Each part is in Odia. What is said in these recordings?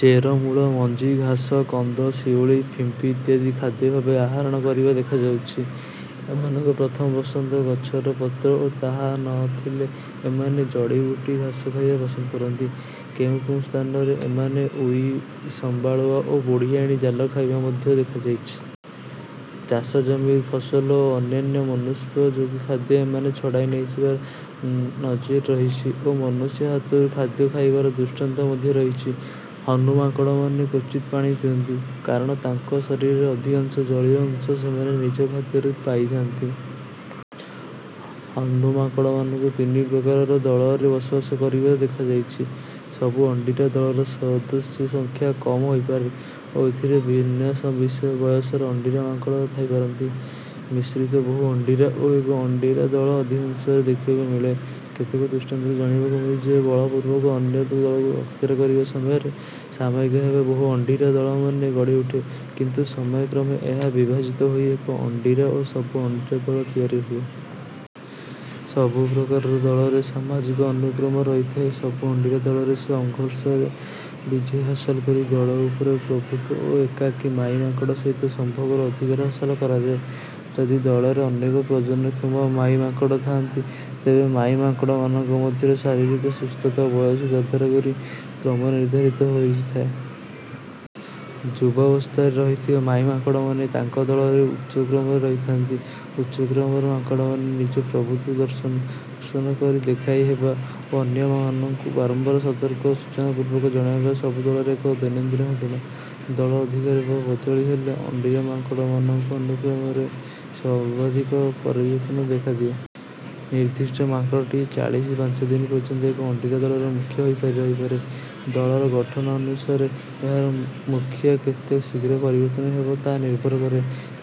ଚେରମୂଳ, ମଞ୍ଜି, ଘାସ, କନ୍ଦ, ଶିଉଳି, ଫିମ୍ପି ଇତ୍ୟାଦି ଖାଦ୍ୟ ଭାବେ ଆହରଣ କରିବା ଦେଖାଯାଇଛି। ଏମାନଙ୍କ ପ୍ରଥମ ପସନ୍ଦ ଗଛର ପତ୍ର ଓ ତାହା ନ ଥିଲେ ଏମାନେ ଜଡ଼ିବୁଟି, ଘାସ ଖାଇବା ପସନ୍ଦ କରନ୍ତି। କେଉଁ କେଉଁ ସ୍ଥାନରେ ଏମାନେ ଉଇ, ସମ୍ବାଳୁଆ ଓ ବୁଢ଼ିଆଣୀ ଜାଲ ଖାଇବା ମଧ୍ୟ ଦେଖାଯାଇଛି। ଚାଷ ଜମିରୁ ଫସଲ ଓ ଅନ୍ୟାନ୍ୟ ମନୁଷ୍ୟୋପଯୋଗୀ ଖାଦ୍ୟ ଏମାନେ ଛଡ଼ାଇ ନେଇଯିବାର ନଜିର ରହିଛି ଓ ମନୁଷ୍ୟ ହାତରୁ ଖାଦ୍ୟ ଖାଇବାର ଦୃଷ୍ଟାନ୍ତ ମଧ୍ୟ ରହିଛି। ହନୁ ମାଙ୍କଡ଼ମାନେ କ୍ୱଚିତ ପାଣି ପିଅନ୍ତି; କାରଣ ତାଙ୍କ ଶରୀରର ଅଧିକାଂଶ ଜଳୀୟ ଅଂଶ ସେମାନେ ନିଜ ଖାଦ୍ୟରୁ ପାଇଯାନ୍ତି। ହନୁ ମାଙ୍କଡ଼ମାନଙ୍କୁ ତିନି ପ୍ରକାରର ଦଳରେ ବସବାସ କରିବା ଦେଖାଯାଇଛି: ସବୁ-ଅଣ୍ଡିରା ଦଳର ସଦସ୍ୟ ସଂଖ୍ୟା କମ ହୋଇପାରେ ଓ ଏଥିରେ ଭିନ୍ନ ବୟସର ଅଣ୍ଡିରା ମାଙ୍କଡ଼ ଥାଇପାରନ୍ତି। ମିଶ୍ରିତ ବହୁ-ଅଣ୍ଡିରା ଓ ଏକ-ଅଣ୍ଡିରା ଦଳ ଅଧିକାଂଶରେ ଦେଖିବାକୁ ମିଳେ। କେତେକ ଦୃଷ୍ଟାନ୍ତରୁ ଜାଣିବାକୁ ମିଳିଛି ଯେ ବଳପୂର୍ବକ ଅନ୍ୟ ଦଳକୁ ଅକ୍ତିଆର କରିବା ସମୟରେ ସାମୟିକ ଭାବେ ବହୁ-ଅଣ୍ଡିରା ଦଳମାନ ଗଢ଼ିଉଠେ କିନ୍ତୁ ସମୟକ୍ରମେ ଏହା ବିଭାଜିତ ହୋଇ ଏକ-ଅଣ୍ଡିରା ଓ ସବୁ-ଅଣ୍ଡିରା ଦଳ ତିଆରି ହୁଏ। ସବୁ ପ୍ରକାରର ଦଳରେ ସାମାଜିକ ଅନୁକ୍ରମ ରହିଥାଏ। ସବୁ-ଅଣ୍ଡିରା ଦଳରେ ସଂଘର୍ଷରେ ବିଜୟ ହାସଲ କରି ଦଳ ଉପରେ ପ୍ରଭୁତ୍ୱ ଓ ଏକାକୀ ମାଈ ମାଙ୍କଡ଼ ସହିତ ସମ୍ଭୋଗର ଅଧିକାର ହାସଲ କରାଯାଏ। ଯଦି ଦଳରେ ଅନେକ ପ୍ରଜନନକ୍ଷମ ମାଈ ମାଙ୍କଡ଼ ଥାନ୍ତି, ତେବେ ମାଈ ମାଙ୍କଡ଼ମାନଙ୍କ ମଧ୍ୟରେ ଶାରୀରିକ ସୁସ୍ଥତା ଓ ବୟସକୁ ଆଧାର କରି କ୍ରମ ନିର୍ଦ୍ଧାରିତ ହୋଇଥାଏ। ଯୁବାବସ୍ଥାରେ ରହିଥିବା ମାଈ ମାଙ୍କଡ଼ମାନେ ତାଙ୍କ ଦଳରେ ଉଚ୍ଚ କ୍ରମରେ ରହିଥାନ୍ତି। ଉଚ୍ଚ କ୍ରମର ମାଙ୍କଡ଼ମାନେ ନିଜ ପ୍ରଭୁତ୍ୱ ପ୍ରଦର୍ଶନ କରି ଦେଖାଇହେବା ଓ ଅନ୍ୟମାନଙ୍କୁ ବାରମ୍ବାର ସତର୍କତା ସୂଚନାପୂର୍ବକ ଜଣାଇବା ସବୁ ଦଳରେ ଏକ ଦୈନନ୍ଦିନ ଘଟଣା। ଦଳ ଅଧିକାର ବା ବଦଳି ହେଲେ ଅଣ୍ଡିରା ମାଙ୍କଡ଼ମାନଙ୍କ ଅନୁକ୍ରମରେ ସର୍ବାଧିକ ପରିବର୍ତ୍ତନ ଦେଖାଦିଏ। ନିର୍ଦ୍ଦିଷ୍ଟ ମାଙ୍କଡ଼ଟିଏ ଚାଳିଶି ପାଞ୍ଚ ଦିନ ପର୍ଯ୍ୟନ୍ତ ଏକ-ଅଣ୍ଡିରା ଦଳର ମୁଖିଆ ହୋଇ ରହିପାରେ। ଦଳର ଗଠନ ଅନୁସାରେ ଏହାର ମୁଖିଆ କେତେ ଶୀଘ୍ର ପରିବର୍ତ୍ତନ ହେବ ତାହା ନିର୍ଭର କରେ।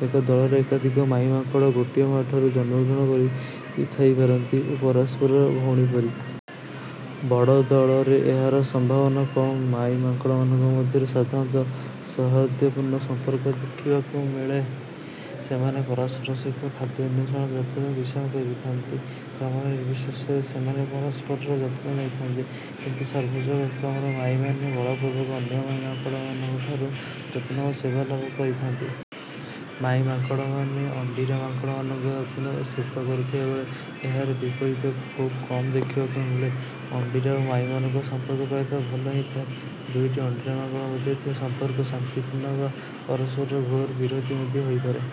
ଏକ ଦଳର ଏକାଧିକ ମାଈ ମାଙ୍କଡ଼ ଗୋଟିଏ ମା'ଠାରୁ ଜନ୍ମଗ୍ରହଣ କରିଥାଇପାରନ୍ତି ଓ ପରସ୍ପରର ଭଉଣୀ ପରି। ବଡ଼ ଦଳରେ ଏହାର ସମ୍ଭାବନା କମ। ମାଈ ମାଙ୍କଡ଼ମାନଙ୍କ ମଧ୍ୟରେ ସାଧାରଣତଃ ସୌହାର୍ଦ୍ଦ୍ୟପୂର୍ଣ୍ଣ ସମ୍ପର୍କ ଦେଖିବାକୁ ମିଳେ। ସେମାନେ ପରସ୍ପର ସହିତ ଖାଦ୍ୟ ଅନ୍ୱେଷଣ, ଯାତ୍ରା ଓ ବିଶ୍ରାମ କରିଥାନ୍ତି। କ୍ରମ ନିର୍ବିଶେଷରେ ସେମାନେ ପରସ୍ପରର ଯତ୍ନ ନେଇଥାନ୍ତି। କିନ୍ତୁ ସର୍ବୋଚ୍ଚ-କ୍ରମର ମାଈମାନେ ବଳପୂର୍ବକ ଅନ୍ୟ ମାଈ ମାଙ୍କଡ଼ମାନଙ୍କଠାରୁ ଯତ୍ନ ଓ ସେବା ଲାଭ କରିଥାନ୍ତି। ମାଈ ମାଙ୍କଡ଼ମାନେ ଅଣ୍ଡିରା ମାଙ୍କଡ଼ମାନଙ୍କ ଯତ୍ନ ଓ ସେବା କରୁଥିବା ବେଳେ ଏହାର ବିପରୀତ ଖୁବ କମ ଦେଖିବାକୁ ମିଳେ। ଅଣ୍ଡିରା ଓ ମାଈମାନଙ୍କ ସମ୍ପର୍କ ପ୍ରାୟତଃ ଭଲ ହିଁ ଥାଏ। ଦୁଇଟି ଅଣ୍ଡିରା ମାଙ୍କଡ଼ ମଧ୍ୟରେ ଥିବା ସମ୍ପର୍କ ଶାନ୍ତିପୂର୍ଣ୍ଣ ବା ପରସ୍ପରର ଘୋର ବିରୋଧୀ ମଧ୍ୟ ହୋଇପାରେ।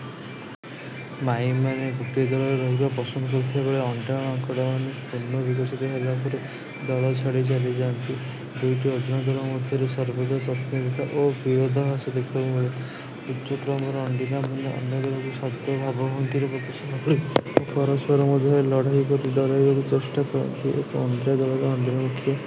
ମାଈମାନେ ଗୋଟିଏ ଦଳରେ ରହିବା ପସନ୍ଦ କରୁଥିବା ବେଳେ ଅଣ୍ଡିରା ମାଙ୍କଡ଼ମାନେ ପୂର୍ଣ୍ଣ ବିକଶିତ ହେଲା ପରେ ଦଳ ଛାଡ଼ି ଚାଲିଯାଆନ୍ତି। ଦୁଇଟି ଅଜଣା ଦଳ ମଧ୍ୟରେ ସର୍ବଦା ପ୍ରତିଦ୍ୱନ୍ଦ୍ୱିତା ଓ ବିରୋଧାଭାସ ଦେଖିବାକୁ ମିଳେ। ଉଚ୍ଚ କ୍ରମର ଅଣ୍ଡିରାମାନେ ଅନ୍ୟ ଦଳକୁ ଶବ୍ଦ, ଭାବଭଙ୍ଗୀର ପ୍ରଦର୍ଶନ କରି ଓ ପରସ୍ପର ମଧ୍ୟରେ ଲଢ଼େଇ କରି ଡରାଇବାକୁ ଚେଷ୍ଟା କରନ୍ତି। ଏକ-ଅଣ୍ଡିରା ଦଳରେ ଅଣ୍ଡିରା ମୁଖିଆ